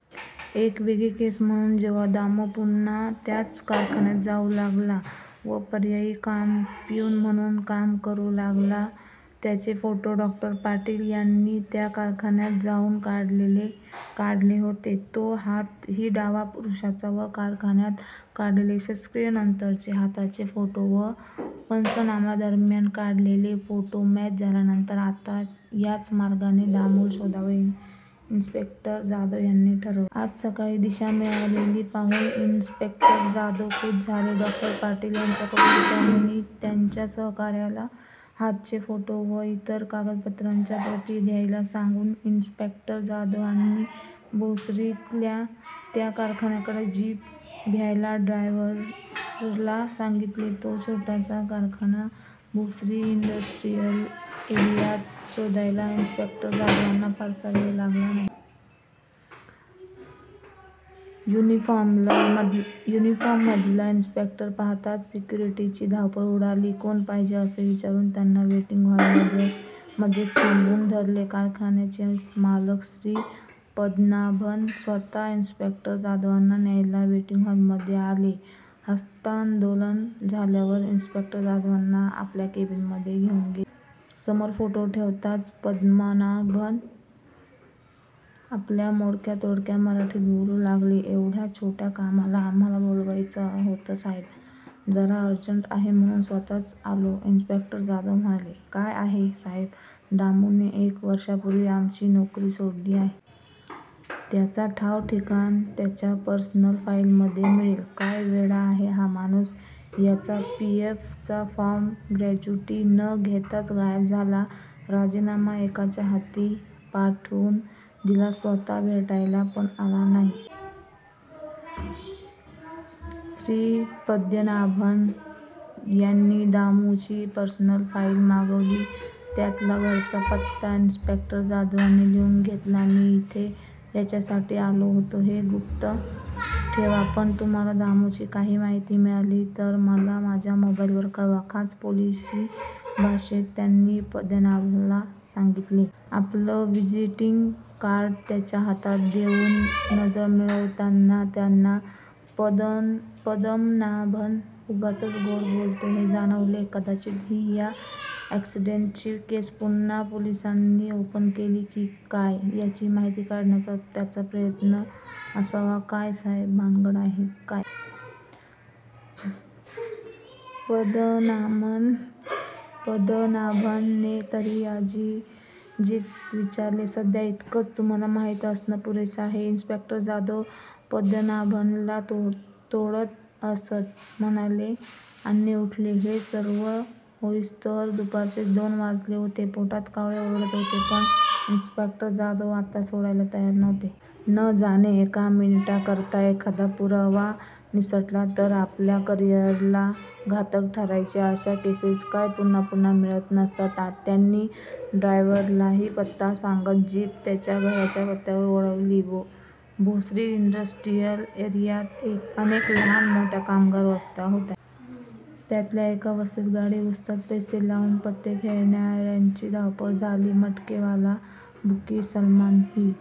एक वेगळी केस म्हणुन जेव्हा दामु पुन्हा त्याच कारखान्यात जाऊ लागला, व पर्यायी काम प्युन म्हणुन काम करु लागला त्याचे फोटो डॉ. पाटील यांनी त्या कारखान्यात जाऊन काढले होते. " तो हात " ही डावा, पुरूषाचा व कारखान्यात काढलेले शस्त्रक्रियेनंतरचे हाताचे फोटो व पंचनाम्यादरम्यान काढलेले फोटॉ मॅच झाल्यानंतर आता याच मार्गाने दामुला शोधावे हे इन्सपेक्टर जाधव यांनी ठरवले. आज सकाळी दिशा मिळालेली पाहुन इन्सपेक्टर जाधव खुष झाले. डॉ. पाटील यांच्याकडुन त्यांनी त्यांच्या सहकार्याला हातचे फोटो व इतर कागदपत्रांच्या प्रती घ्यायला सांगुन इन्सपेक्टर जाधवांनी भोसरीतल्या त्या कारखान्याकडे जीप घ्यायला ड्रायव्हरला सांगीतले. तो छोटासा कारखाना भोसरी इंडस्ट्रीयल एरीयात शोधायला इन्सपेक्टर जाधवांना फारसा वेळ लागला नाही. युनीफार्ममधला इन्सपेक्टर पहाताच सिक्युरीटीची धावपळ उडाली. कोण पाहिजे असे विचारुन त्यांना वेटींग हॉल मध्येच थांबवुन धरले. कारखान्याचे मालक श्री पद्मनाभन स्वतः इन्सपेक्टर जाधवांना न्यायला वेटींग हॉलमधे आले. ह्स्तांदोलन झाल्यावर इन्सपेक्टर जाधवांना आपल्या केबीनमध्ये घेऊन गेले. समोर फोटो ठेवताच पद्मनाभन आपल्या मोडक्या तोडक्या मराठीत बोलु लागले " येव्हड्या छोट्या कामाला आम्हाला बोलवयच होत साहेब". "जरा अर्जंट आहे म्हणुन स्वतःच आलो "इन्सपेक्टर जाधव म्हणाले. " काय आहे साहेब दामु ने एक वर्षापुर्वी आमची नोकरी सोडली आहे. त्याचा ठाव ठिकाणा त्याच्या पर्सनल फाईल मधे मिळेल. काय वेडा आहे हा माणुस. याचा पी. एफ. चा फॉर्म, ग्रॅच्युटी न घेताच गायब झाला. राजीनामा एकाच्या हाती पाठवुन दिला. स्वतः भेटायला पण नाही आला. श्री. पद्मनाभन यांनी दामुची पर्सनल फाईल मागवली. त्यातला घरचा पत्ता इन्सपेक्टर जाधवांनी लिहुन घेतला. "मी इथे याच्यासाठी आलो होतो हे गुप्त ठेवा पण तुम्हाला दामुची काही माहिती मिळालीतर मला माझ्या मोबाईलवर कळवा. " खास पोलीसी भाषेत त्यांनी पद्मनाभनला सांगीतले. आपल व्हिजीटींग कार्ड त्याच्या हातात देऊन नजर मिळवताना त्यांना पदमनाभन उगाचच गोड बोलतोय हे जाणवल. कदाचीत ही अॅक्सीडेंट्ची केस पुन्हा पोलीसांनी ओपन केली की काय याची माहिती काढण्याचा त्याचा प्रयत्न असावा "काय साहेब भानगड काय? " पद्मनाभन ने तरीही अजिजीत विचारले. "सध्या इतकच तुम्हाला माहित असण पुरेसे आहे" इन्सपेक्टर जाधव पद्मनाभनला तोडत हसत म्हणाले आणि उठले. हे सर्व होईस्त्वर दुपारचे दोन वाजले होते. पोटात कावळे ओरडत होते पण इन्सपेक्टर जाधव आता सोडायला तयार नव्हते. न जाणो एका मिनीटाकरता एखादा पुरावा निसटला तर आपल्या करीयरला घातक ठरायचे. अश्या केसेस काय पुन्हा पुन्हा मिळत नसतात. त्यांनी ड्रायव्हरला पत्ता सांगत जीप त्याच्या घराच्या पत्यावर वळवली. भोसरी इंडस्ट्रीयल एरीयात अनेक लहान मोठ्या कामगार वस्त्या होत्या. त्यातल्या एका वस्तीत गाडी घुसताच पैसे लाऊन पत्ते खेळणार्यांची धावपळ झाली. मटकेवाला बुकी सलमान ही--